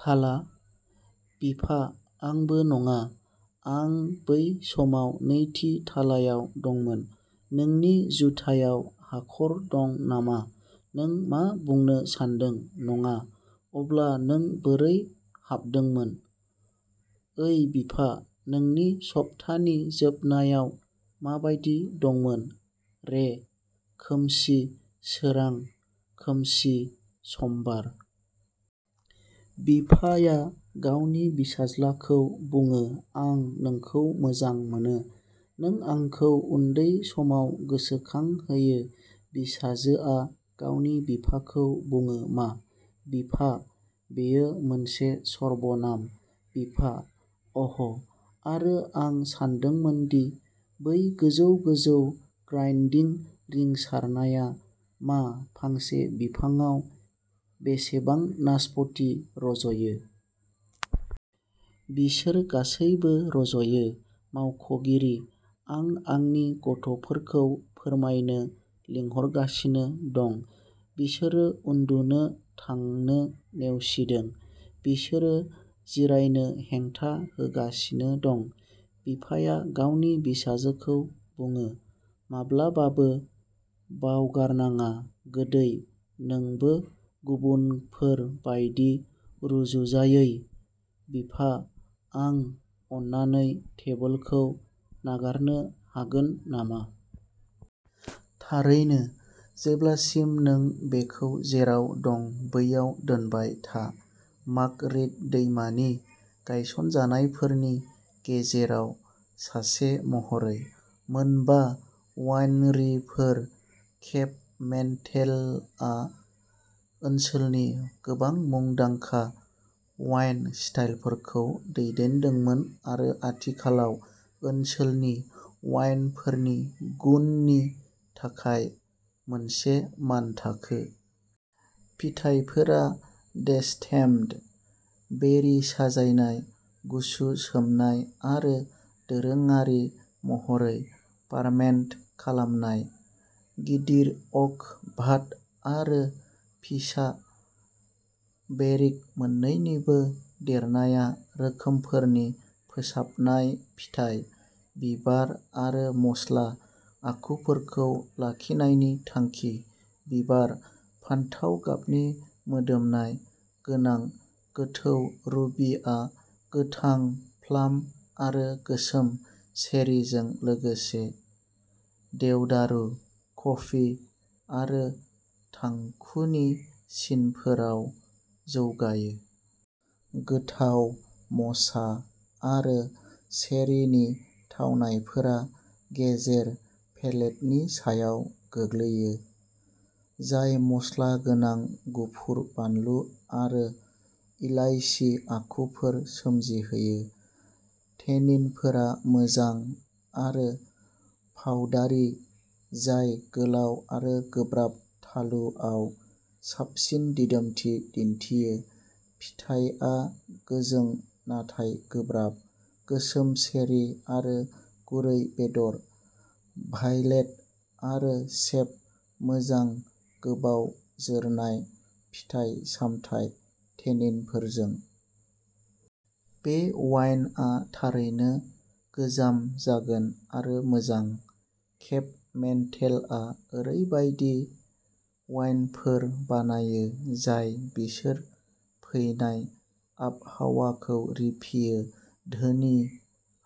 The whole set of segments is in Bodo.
थाला? बिफा आंबो नङा, आं बै समाव नैथि थालायाव दंमोन। नोंनि जुथायाव हाखर दं नामा? नों मा बुंनो सान्दों, नङा, अब्ला नों बोरै हाबदोंमोन? ओइ बिफा, नोंनि सप्तानि जोबनायाव माबायदि दंमोन? रे, खोमसि, सोरां, खोमसि, समबार। बिफाया गावनि बिसाज्लाखौ बुङो आं नोंखौ मोजां मोनो। नों आंखौ उन्दै समाव गोसोखांहोयो। बिसाजोआ गावनि बिफाखौ बुङो मा? बिफा बेयो मोनसे सर्बनाम। बिफा अ'ह आरो आं सानदोंमोन दि बै गोजौ-गोजौ ग्राइन्डिं रिंसारनाया मा फांसे बिफांआव बेसेबां नासपति रज'यो? बिसोर गासैबो रज'यो। मावख'गिरि, आं आंनि गथ'फोरखौ फोरमायनो लिंहरगासिनो दं। बिसोरो उन्दुनो थांनो नेवसिदों। बिसोरो जिरायनो हेंथा होगासिनो दं। बिफाया गावनि बिसाजोखौ बुङोः "माब्लाबाबो बावगारनाङा, गोदै, नोंबो गुबुनफोर बायदि रुजुजायै।" बिफा, आं अन्नानै टेबोलखौ नागारनो हागोन नामा? थारैनो, जेब्लासिम नों बेखौ जेराव दं बैयाव दोनबाय था। मार्गारेट दैमानि गायसनजानायफोरनि गेजेराव सासे महरै। मोनबा' वाइनरिफोर, केप मेन्टेलआ ओनसोलनि गोबां मुंदांखा वाइन स्टाइलफोरखौ दैदेनदोंमोन आरो आथिखालाव ओनसोलनि वाइनफोरनि गुननि थाखाय मोनसे मानथाखो। फिथाइफोरा डेस्टेम्ड, बेरि साजायनाय, गुसु सोमनाय आरो दोरोङारि महरै फार्मेन्ट खालामनाय। गिदिर अक भाट आरो फिसा बेरिक मोन्नैनिबो देरनाया रोखोमफोरनि फोसाबनाय फिथाइ, बिबार आरो मस्ला आखुफोरखौ लाखिनायनि थांखि। बिबार, फान्थाव गाबनि मोदोमनाय गोनां गोथौ रुबिआ गोथां प्लाम आरो गोसोम चेरीजों लोगोसे देवदारु, कफि आरो थांखुनि सिनफोराव जौगायो। गोथाव म'चा आरो चेरीनि थावनायफोरा गेजेर-पेलेटनि सायाव गोग्लैयो, जाय मस्ला गोनां गुफुर बानलु आरो इलायसि आखुफोर सोमजिहोयो। टेनिनफोरा मोजां आरो पाउडारि, जाय गोलाव आरो गोब्राब थालुआव साबसिन दिदोमथि दिन्थियो। फिथायआ गोजों नाथाय गोब्राब, गोसोम चेरी आरो गुरै बेदर, भायलेट आरो सेप, मोजां, गोबाव जोरनाय, फिथाइ-सामथाय टेनिनफोरजों। बे वाइनआ थारैनो गोजाम जागोन, आरो मोजां। केप मेन्टेलआ ओरैबायदि वाइनफोर बानायो जाय बिसोर फैनाय आबहावाखौ रिफियो, धोनि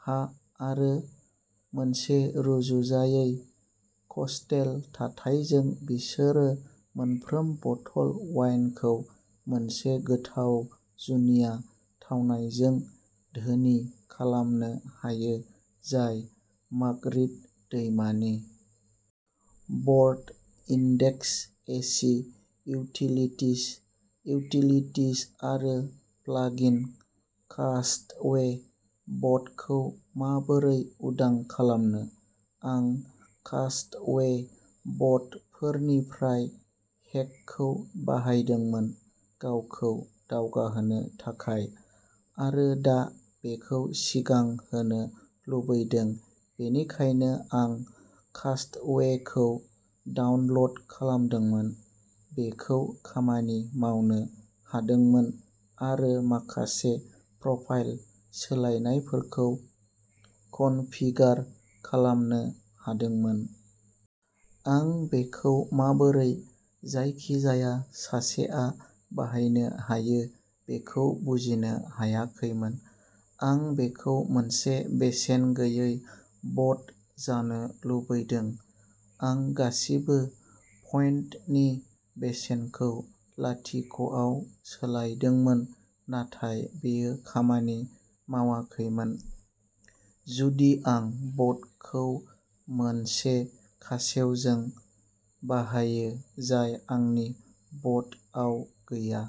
हा आरो मोनसे रुजुजायै कस्टेल थाथायजों बिसोरो मोनफ्रोम बथल वाइनखौ मोनसे गोथाव जुनिया थावनायजों धोनि खालामनो हायो जाय मार्गारेट दैमानि। ब'र्ड इन्डेक्स एसि इउटिलितिज इउटिलितिज आरो प्लागिन कास्टवे बटखौ माबोरै उदां खालामनो? आं कास्टवे ब'टफोरनिफ्राय हेकखौ बाहायदोंमोन गावखौ दावगाहोनो थाखाय, आरो दा बेखौ सिगां होनो लुबैदों बेनिखायनो आं कास्टवेखौ डाउनल'ड खालामदोंमोन। बेखौ खामानि मावनो हादोंमोन, आरो माखासे प्रफाइल सोलायनायफोरखौ कनफिगार खालामनो हादोंमोन। आं बेखौ माबोरै जायखिजाया सासेआ बाहायनो हायो बेखौ बुजिनो हायाखैमोन। आं बेखौ मोनसे बेसेन गैयै ब'ट जानो लुबैदों। आं गासिबो पइन्टनि बेसेनखौ लाथिख'आव सोलायदोंमोन, नाथाय बेयो खामानि मावाखैमोन। जुदि आं ब'टखौ मोनसे खासेवजों बाहायो जाय आंनि ब'टआव गैया।